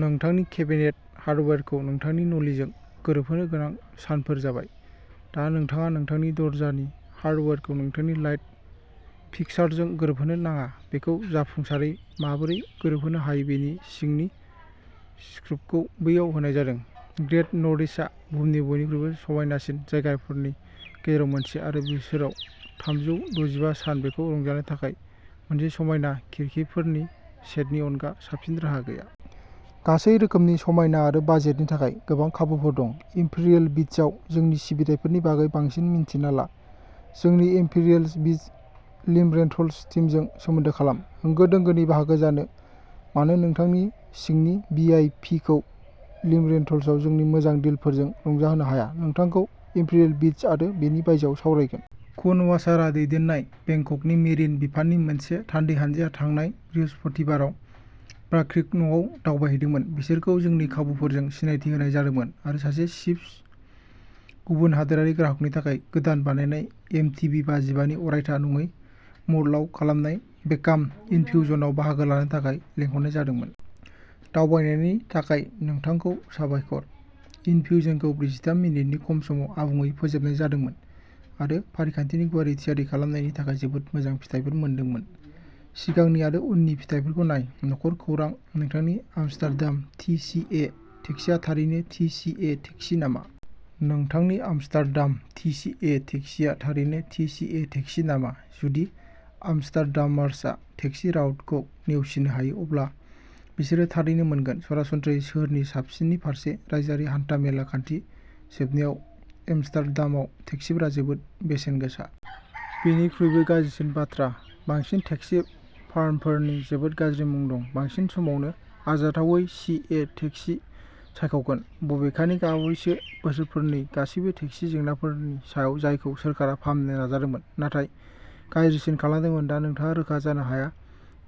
नोंथांनि केबिनेट हार्डवेरखौ नोंथांनि नलिजों गोरोबहोनो गोनां सानफोर जाबाय। दा नोंथाङा नोंथांनि दरजानि हार्डवेरखौ नोंथांनि लाइट फिक्सचारजों गोरोबहोनो नाङा। बेखौ जाफुंसारै माबोरै गोरोबहोनो हायो बेनि सिंनि स्कुपखौ बेयाव होनाय जादों। ग्रेट नर्थवेस्टआ बुहुमनि बयनिख्रुइबो समायनासिन जायगाफोरनि गेजेराव मोनसे आरो बोसोराव थामजौ दजिबा सान बेखौ रंजानो थाखाय मोनसे समायना खिरखिफोरनि सेटनि अनगा साबसिन राहा गैया। गासै रोखोमनि समायना आरो बाजेटनि थाखाय गोबां खाबुफोर दं। इम्पेरियेल बीचआव जोंनि सिबिथाइफोरनि बागै बांसिन मिन्थिना ला। जोंनि इम्पेरियेल बीच लिम'रेन्टल्स टीमजों सोमोन्दो खालाम। होंगो दोंगोनि बाहागो जानो मानो नोंथांनि सिंनि भि आइ पि खौ लिम'रेन्टल्सआव जोंनि मोजां डिलफोरजों रंजाहोनो हाया नोंथांखौ इम्पेरियेल बीच आरो बेनि बायजोआव सावरायगोन। खुन वाचारा दैदेननाय बेंककनि मेरिन बिफाननि मोनसे थान्दै हान्जाया थांनाय बृहस्पतिबाराव बाक्रिक न'आव दावबायहैदोंमोन। बिसोरखौ जोंनि खाबुफोरजों सिनायथि होनाय जादोंमोन आरो सासे स्विस गुबुन हादोरारि ग्राहकनि थाखाय गोदान बानायनाय एम टि भि बाजिबा नि अरायथा नङै मल्डआव खालामनाय भेकाम इनफ्युजनआव बाहागो लानो थाखाय लिंहरनाय जादोंमोन। दावबायनायनि थाखाय नोंथांखौ साबायखर। इनफ्युजनखौ ब्रैजिथाम मिनिटनि खम समाव आबुङै फोजोबनाय जादोंमोन आरो फारिखान्थिनि गुवारै थियारि खालामनायनि थाखाय जोबोद मोजां फिथायफोर मोनदोंमोन। सिगांनि आरो उननि फिथायफोरखौ नाय। न'खर। खौरां। नोंथांनि आमस्टारडाम टि सि ए टेक्सीआ थारैनो टि सि ए टेक्सी नामा? नोंथांनि आमस्टारडाम टि सि ए टेक्सीआ थारैनो टि सि ए टेक्सी नामा? जुदि आमस्टारडामार्सआ टेक्सी राइडखौ नेवसिनो हायो, अब्ला बिसोरो थारैनो मोनगोन सरासनस्रायै सोहोरनि साबसिननि फारसे। रायजोआरि हान्था-मेला खान्थि। जोबनायाव, एम्स्टार्डामआव टेक्सिफोरा जोबोद बेसेन गोसा। बेनिख्रुइबो गाज्रिसिन बाथ्रा, बांसिन टेक्सि फार्मफोर नि जोबोद गाज्रि मुं दं बांसिन समावनो, आरजाथावै। सि ए टेक्सि सायख'गोन।। बबेखानि, बावैसो बोसोरफोरनि गासैबो टेक्सि जेंनाफोरनि सायाव जायखौ सोरखारा फाहामनो नाजादोंमोन नाथाय गाज्रिसिन खालामदोंमोन दा नोंथाङा रोखा जानो हाया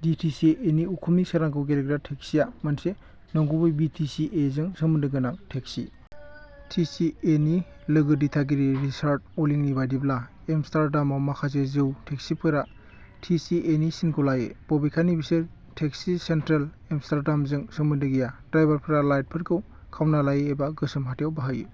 डि टि सि ए नि उखुमनि सोरांखौ गेलेग्रा टेक्सिआ मोनसे नंगुबै टि सि ए जों सोमोन्दो गोनां टेक्सि। टि सि ए नि लोगो दिथागिरि रिचार्ड अलिंनि बायदिब्ला, एम्स्टार्डामाव माखासे जौ टेक्सिफोरा टि सि ए नि सिनखौ लायो, बबेखानि बिसोर टेक्सि सेन्ट्रेल एम्स्टार्डामजों सोमोन्दो गैया। ड्राइभारफोरा लाइटफोरखौ खावना लायो, एबा गोसोम हाथायाव बाइयो।